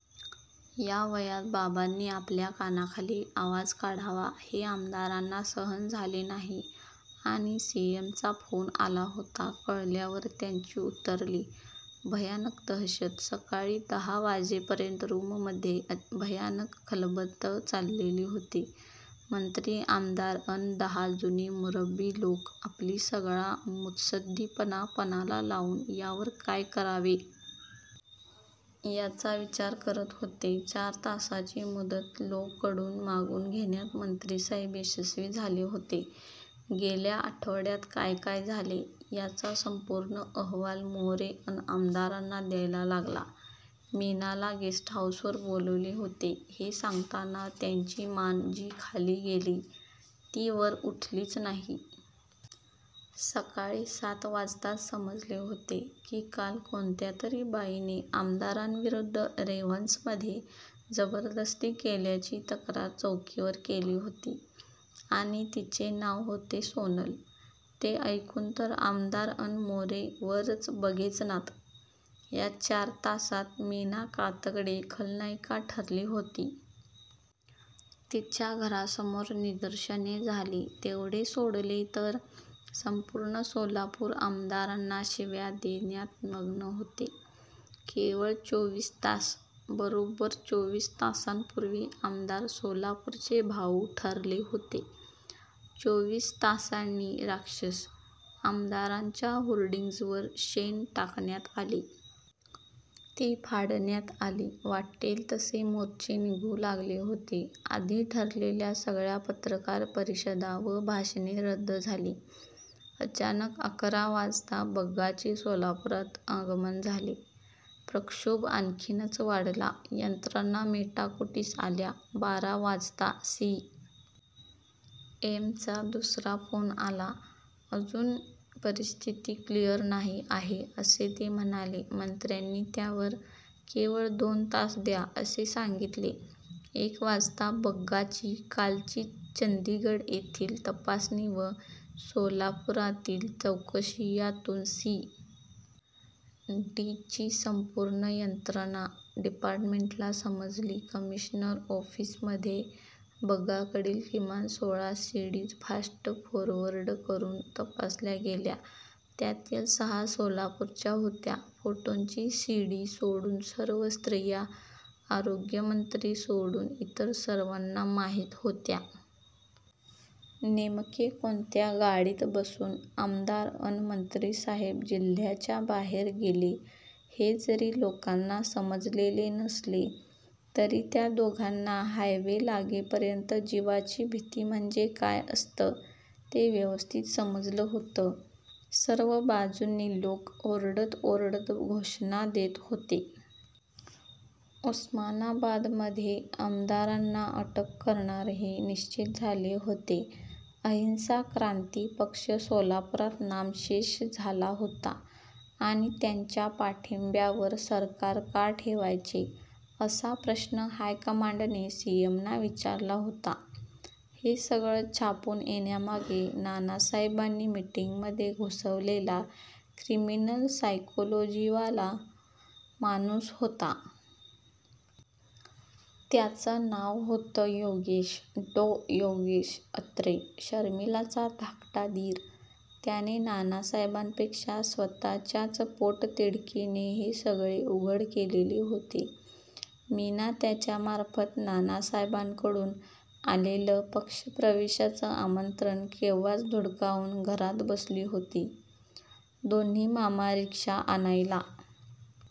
या वयात बाबांनी आपल्या कानाखाली आवाज काढावा हे आमदारांना सहन झाले नाही. आणि सी. एम. चा फ़ोन आला होता. कळल्यावर त्यांची उतरली. भयानक दहशत! सकाळी दहा वाजेपर्यंत रूममधे भयानक खलबंतं चाललेली होती. मंत्री, आमदार अन दहा जुने मुरब्बी लोक आपली सगळा मुत्सद्दीपणा पणाला लावून यावर काय करावे. याचा विचार करत होते. चार तासाची मुदत लॊ कडून मागून घेण्यात मंत्रीसाहेब यशस्वी झाले होते. गेल्या आठवड्यात काय काय झाले. याचा संपूर्ण अहवाल मोरे अन आमदारांना द्यायला लागला. मीनाला गेस्ट हाऊसवर बोलवले होते हे सांगताना त्यांची मान जी खाली गेली, ती वर उठलीच नाही. सकाळी सात वाजताच समजले होते. की काल कोणत्यातरी बाईने आमदारांविरुद्ध रेव्हन्समधे जबरदस्ती केल्याची तक्रार चौकीवर केली होती. आणि तिचे नाव होते सोनल! ते ऐकून तर आमदार अन मोरे वरच बघेचनात! या चार तासात मीना कातगडे खलनायिका ठरली होती. तिच्या घरासमोर निदर्शने झाली. तेवढे सोडले तर संपूर्ण सोलापूर आमदारांना शिव्या देण्यात मग्न होते. केवळ चोवीस तास! बरोब्बर चोवीस तासांपुर्वी आमदार 'सोलापूरचे भाऊ' ठरले होते. चोवीस तासांनी राक्षस! आमदारांच्या होर्डिंग्जवर शेण टाकण्यात आले. ती फ़ाडण्यात आली. वाट्टेल तसे मोर्चे निघू लागले होते. आधी ठरलेल्या सगळ्या पत्रकार परिषदा व भाषणे रद्द झाली. अचानक अकरा वाजता बग्गाचे सोलापुरात आगमन झाले. प्रक्षोभ आणखीनच वाढला. यंत्रणा मेटाकुटीस आल्या. बारा वाजता सी. एम. चा दुसरा फ़ोन आला. अजून परिस्थिती क्लीअर नाही आहे असे ते म्हणाले. मंत्र्यांनी त्यावर 'केवळ दोन तास द्या' असे सांगीतले. एक वाजता बग्गाची कालची चंदीगड येथील तपासणी व सोलापुरातील चौकशी यातून सी. डी. ची संपूर्ण यंत्रणा डिपार्टमेंटला समजली. कमिशनर ऒफ़ीसमधे बग्गाकडील किमान सोळा C. Ds fast forward करून तपासल्या गेल्या. त्यातील सहा सोलापूरच्या होत्या. फ़ोटोंची सी. डी. सोडून सर्व स्त्रिया आरोग्यमंत्री सोडून इतर सर्वांना माहीत होत्या. नेमके कोणत्या गाडीत बसून आमदार अन मंत्रीसाहेब जिल्ह्याच्या बाहेर गेले हे जरी लोकांना समजलेले नसले तरी त्या दोघांना हायवे लागेपर्यंत 'जीवाची भीती' म्हणजे काय असतं ते व्यवस्थित समजलं होतं! सर्व बाजूंनी लोक ओरडत-ओरडत घोषणा देत होते. उस्मानाबादमधे आमदारांना अटक करणार हे निश्चीत झाले होते. अहिंसा क्रान्ती पक्ष सोलापुरात नामशेष झाला होता. आणि 'त्यांच्या पाठिंब्यावर सरकार का ठेवायचे' असा प्रश्न हायकमांडने सी. एम. ना विचारला होता. हे सगळं छापून येण्यामागे नानासाहेबांनी मीटिंगमधे घुसवलेला क्रिमिनल सायकॊलॊजीवाला माणूस होता. त्याच नाव होतं. योगेश.डॊ. योगेश अत्रे, शर्मिलाचा धाकटा दीर, त्याने नानासाहेबांपेक्षा स्वत:च्याच पोटतिडकीने हे सगळे उघड केलेले होते. मीना त्याच्यामार्फ़त नानासाहेबांकडून आलेलं पक्षप्रवेशाचं आमंत्रण केव्हाच धुडकावून घरात बसली होती. दोन्ही मामा रिक्षा आणायला--